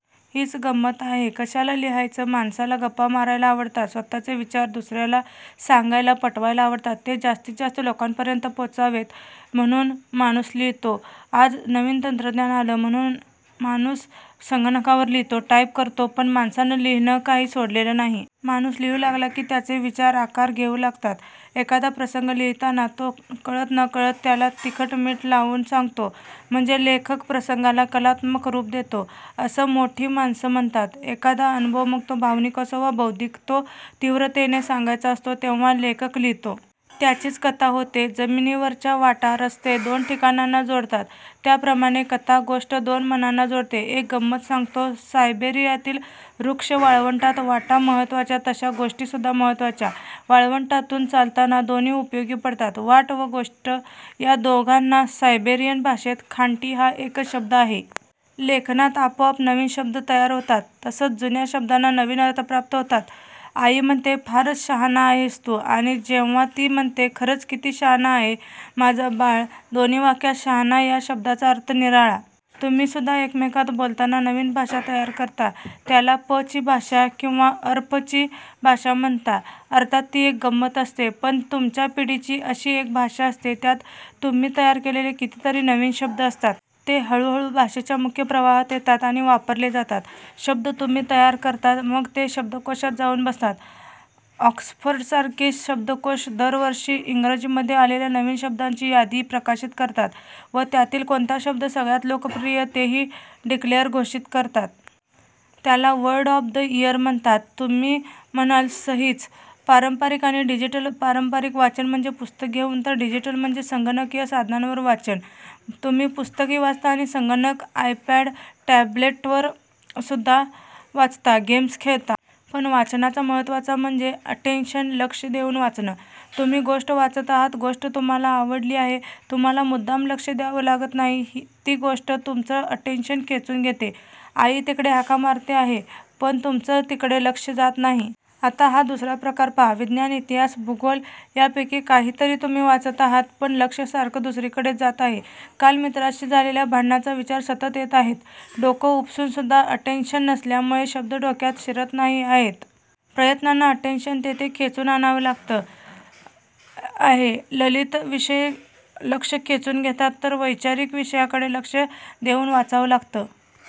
हीच गंमत आहे. कशाला लिहायचं माणसाला गप्पा मारायला आवडतात, स्वतःचे विचार दुसऱ्याला सांगायला पटवायला आवडतात. ते जास्तीत जास्त लोकांपर्यंत पोहोचावेत म्हणून माणूस लिहितो. आज नवीन तंत्रज्ञान आलं, माणूस संगणकावर लिहितो, टाइप करतो. पण माणसानं लिहिणं काही सोडलेलं नाही. माणूस लिहू लागला की त्याचे विचार आकार घेऊ लागतात. एखादा प्रसंग लिहिताना तो कळत नकळत त्याला तिखटमिठ लावून सांगतो. म्हणजे लेखक प्रसंगाला 'कलात्मक रूप' देतो असं मोठी माणसं म्हणतात. एखादा अनुभव मग तो भावनिक असो वा बौद्धिक तो तीव्रतेने सांगायचा असतो तेव्हा लेखक लिहितो. त्याचीच कथा होते. जमिनीवरच्या वाटा, रस्ते दोन ठिकाणांना जोडतात. त्याप्रमाणे कथा, गोष्ट दोन मनांना जोडते. एक गंमत सांगतो. सायबेरियातील रूक्ष वाळवंटात 'वाटा' महत्त्वाच्या तशा गोष्टी सुद्धा महत्त्वाच्या. वाळवंटातून चालताना दोन्ही उपयोगी पडतात. वाट व गोष्ट या दोघांना सायबेरियन भाषेत खांटी हा एकच शब्द आहे. लेखनात आपोआप नवीन शब्द तयार होतात तसंच जुन्या शब्दांना नवीन अर्थ प्राप्त होतात. आई म्हणते 'फारच 'शहाणा' आहेस तू' आणि जेव्हा ती म्हणते 'खरंच किती 'शहाणा' आहे माझा बाळ'. दोन्ही वाक्यांत 'शहाणा' या शब्दाचा अर्थ निराळा. तुम्ही सुद्धा एकमेकांत बोलताना नवीन भाषा तयार करता त्याला 'प'ची भाषा किंवा 'अर्फ'ची भाषा म्हणता. अर्थात ती एक गंमत असते. पण तुमच्या पिढीची अशी एक भाषा असते. त्यात तुम्ही तयार केलेले कितीतरी नवीन शब्द असतात. ते हळूहळू भाषेच्या मुख्य प्रवाहात येतात आणि वापरले जातात. शब्द तुम्ही तयार करता मग ते शब्दकोषात जाऊन बसतात. ऑक्सफर्डसारखे शब्दकोष दरवर्षी इंग्रजीमध्ये आलेल्या नव्या शब्दांची यादी प्रकाशित करतात व त्यातील कोणता शब्द सगळ्यात लोकप्रिय तेही 'डिक्लेअर' घोषित करतात. त्याला 'वर्ड ऑफ द इयर' म्हणतात. तुम्ही म्हणाल 'सहीच'! पारंपरिक आणि डिजिटल पारंपरिक वाचन म्हणजे पुस्तक घेऊन तर डिजिटल म्हणजे संगणकीय साधनांवर वाचन. तुम्ही पुस्तकंही वाचता आणि संगणक, आयपॅड, टॅब्लेटवर सुद्धा वाचता, गेम्स खेळता. पण वाचनाचा महत्त्वाचा म्हणजे 'अटेंशन' लक्ष देऊन वाचणं. तुम्ही गोष्ट वाचत आहात. गोष्ट तुम्हाला आवडली आहे. तुम्हाला मुद्दाम लक्ष द्यावं लागत नाही. ती गोष्ट तुमचं अटेंशन खेचून घेते. आई तिकडे हाका मारते आहे पण तुमचं तिकडे लक्ष जात नाही. आता हा दुसरा प्रकार पहा. विज्ञान, इतिहास, भूगोल यांपैकी काहीतरी तुम्ही वाचत आहात. पण लक्ष सारखं दुसरीकडेच जात आहे. काल मित्राशी झालेल्या भांडणाचे विचार सतत येत आहेत. डोकं उपसून सुद्धा 'अटेंशन' नसल्यामुळे शब्द डोक्यात शिरत नाही आहेत. प्रयत्नानं 'अटेंशन' तेथे खेचून आणावं लागत आहे. ललित विषय लक्ष खेचून घेतात तर वैचारिक विषयाकडे लक्ष देऊन वाचावं लागतं.